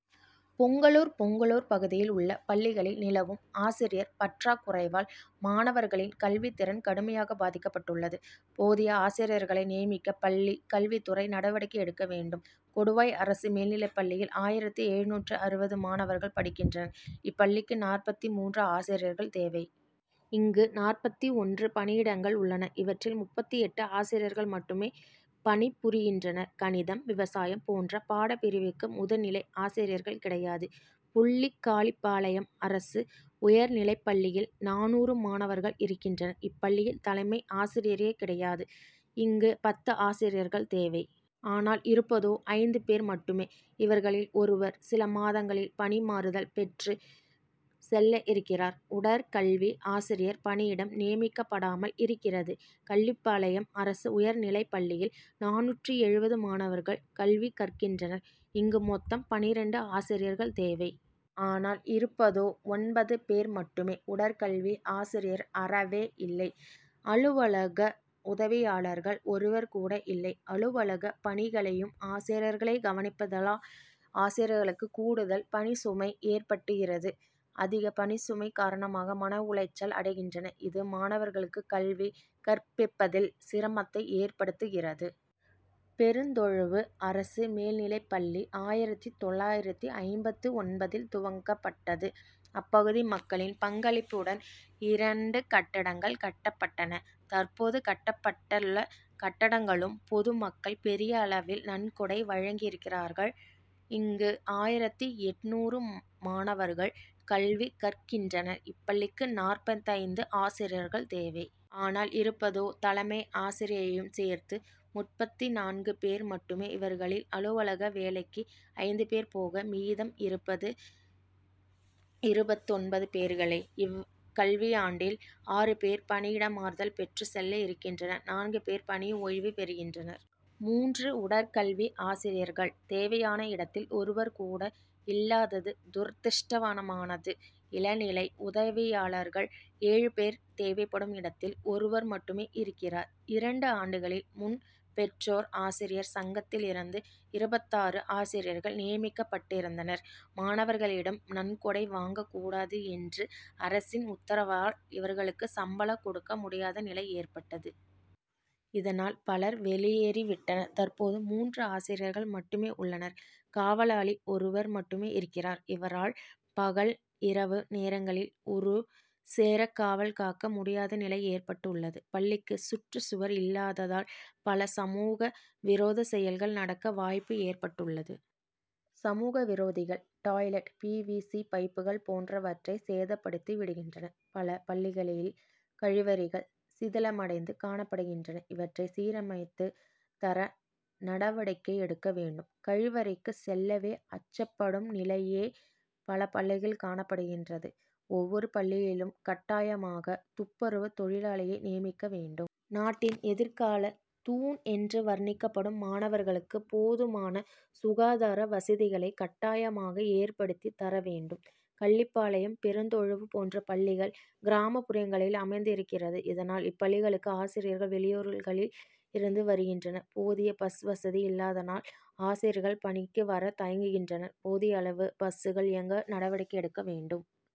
பொங்கலூர் பொங்கலூர் பகுதியில் உள்ள பள்ளிகளில் நிலவும் ஆசிரியர் பற்றாக்குறையால், மாணவர் களின் கல்வி திறன் கடுமையாக பாதிக்கப்பட்டுள்ளது. போதிய ஆசிரியர்களை நியமிக்க, பள்ளி கல்வித்துறை நடவடிக்கை எடுக்க வேண்டும். கொடுவாய் அரசு மேல்நிலைப் பள்ளியில் ஆயிரத்து எழுநூற்று அறுபது மாணவர்கள் படிக்கின்றனர். இப்பள்ளிக்கு நாற்பத்து மூன்று ஆசிரியர்கள் தேவை. இங்கு நாற்பத்து ஒன்று பணியிடங்கள் உள்ளன. இவற்றில் முப்பத்து எட்டு ஆசிரியர்கள் மட்டுமே பணி புரிகின்றனர். கணிதம், விவசாயம் போன்ற பாடப்பிரிவுக்கு முதுநிலை ஆசிரியர்கள் கிடையாது. பொல்லிக்காளிபாளையம் அரசு உயர்நிலைப்பள்ளியில் நானூறு மாணவர்கள் இருக்கின்றனர். இப் பள்ளியில் தலைமை ஆசிரியரே கிடையாது. இங்கு பத்து ஆசிரியர்கள் தேவை. ஆனால் இருப்பதோ ஐந்து பேர் மட்டுமே. இவர்களில் ஒருவர், சில மாதங்களில் பணி மாறுதல் பெற்று செல்ல இருக்கிறார். உடற்கல்வி ஆசிரியர் பணியிடம் நியமிக்கப்படாமல் இருக்கிறது. கள்ளிப்பாளையம் அரசு உயர் நிலைப்பள்ளியில் நானூற்று எழுபது மாணவர்கள் கல்வி கற்கின்றனர். இங்கு மொத்தம் பன்னிரண்டு ஆசிரியர்கள் தேவை. ஆனால் இருப்பதோ ஒன்பது பேர் மட்டுமே. உடற்கல்வி ஆசிரியர் அறவே இல்லை. அலுவலக உதவி யாளர்கள் ஒருவர் கூட இல்லை. அலுவலக பணிகளையும் ஆசிரியர் களே கவனிப்பதால், ஆசிரியர் களுக்கு கூடுதல் பணிச்சுமை ஏற்படுகிறது. அதிக பணிச்சுமை காரணமாக மன உளைச்சல் அடை கின்றனர். இது, மாணவர்களுக்கு கல்வி கற்பிப்பதில் சிரமத்தை ஏற்படுத்துகிறது. பெருந்தொழுவு அரசு மேல் நிலைப்பள்ளி ஆயிரத்து தொள்ளாயிரத்து ஐம்பத்தொன்பதில் துவக்கப் பட்டது. அப்பகுதி மக்களின் பங்களிப்புடன் இரண்டு கட்டடங் கள் கட்டப்பட்டன. தற்போது கட்டப்பட்டுள்ள கட்டடங்களுக் கும் பொதுமக்கள் பெரிய அளவில் நன்கொடை வழங்கியிருக்கிறார்கள். இங்கு ஆயிரத்து எண்ணூறு மாணவர்கள் கல்வி கற்கின்றனர். இப்பள்ளிக்கு நாற்பத்தைந்து ஆசிரியர்கள் தேவை. ஆனால் இருப்பதோ தலைமை ஆசிரியரை யும் சேர்த்து முப்பத்து நான்கு பேர் மட்டுமே. இவர்களில் அலுவலக வேலைக்கு ஐந்து பேர் போக, மீதம் இருப்பது இருபத்து ஒன்பது பேர்களே. இக்கல்வியாண்டில் ஆறு பேர் பணியிட மாறுதல் பெற்று செல்ல இருக்கின்றனர். நான்கு பேர் பணி ஓய்வு பெறுகின்றனர். மூன்று உடற்கல்வி ஆசிரியர்கள் தேவையான இடத்தில் ஒருவர் கூட இல்லாதது துரதிஷ்டவசமானது. இளநிலை உதவியாளர்கள் ஏழு பேர் தேவைப்படும் இடத்தில் ஒருவர் மட்டுமே இருக்கிறார். இரண்டு ஆண்டுகளுக்கு முன் பெற்றோர் ஆசிரியர் சங்கத்தில் இருந்து இருபத்தாறு ஆசிரியர்கள் நிய மிக்கப்பட்டிருந்தனர். மாணவர்களிடம் நன்கொடை வாங்கக் கூடாது என்ற அரசின் உத்தரவால், இவர்களுக்கு சம்பளம் கொடுக்க முடியாத நிலை ஏற்பட்டது. இத னால் பலர் வெளியேறி விட்டனர். தற்போது மூன்று ஆசிரியர்கள் மட்டுமே உள்ளனர். காவலாளி ஒருவர் மட்டுமே இருக்கிறார். இவரால் பகல், இரவு நேரங்களில் ஒரு சேர காவல் காக்க முடியாத நிலை ஏற்பட்டுள்ளது. பள்ளிக்கு சுற்றுச்சுவர் இல்லாத தால், பல சமூக விரோத செயல்கள் நடக்க வாய்ப்பு ஏற்பட்டுள்ளது. சமூக விரோதிகள், டாய்லெட்', பி. வி. சி., பைப்புகள் போன்ற வற்றை சேதப்படுத்தி விடுகின்றனர். பல பள்ளிகளில் கழிவறைகள் சிதிலமடைந்து காணப்படுகின்றன. இவற்றை சீரமைத்து தர நட வடிக்கை எடுக்க வேண்டும். கழி வறைக்குள் செல்லவே அச்சப் படும் நிலையே பல பள்ளிகளில் காணப்படுகிறது. ஒவ்வொரு பள்ளி யிலும் கட்டாயமாக துப்புரவு தொழிலாளியை நியமிக்க வேண்டும். நாட்டின் எதிர்காலத் தூண் என்று வர்ணிக்கப்படும் மாணவர்களுக்கு போதுமான சுகாதார வசதிகளை கட்டாயமாக ஏற்படுத்தி தர வேண்டும். கள்ளிப்பாளையம், பெருந் தொழுவு போன்ற பள்ளிகள் கிராமப்புறங்களில் அமைந்தி ருக்கிறது. இதனால், இப்பள்ளி களுக்கு ஆசிரியர்கள் வெளியூர் களில் இருந்து வருகின்றனர். போதிய பஸ் வசதி இல்லாததால், ஆசிரியர்கள் பணிக்கு வர தயங்குகின்றனர். போதிய அளவு பஸ்கள் இயக்க நடவடிக்கை எடுக்க வேண்டும்.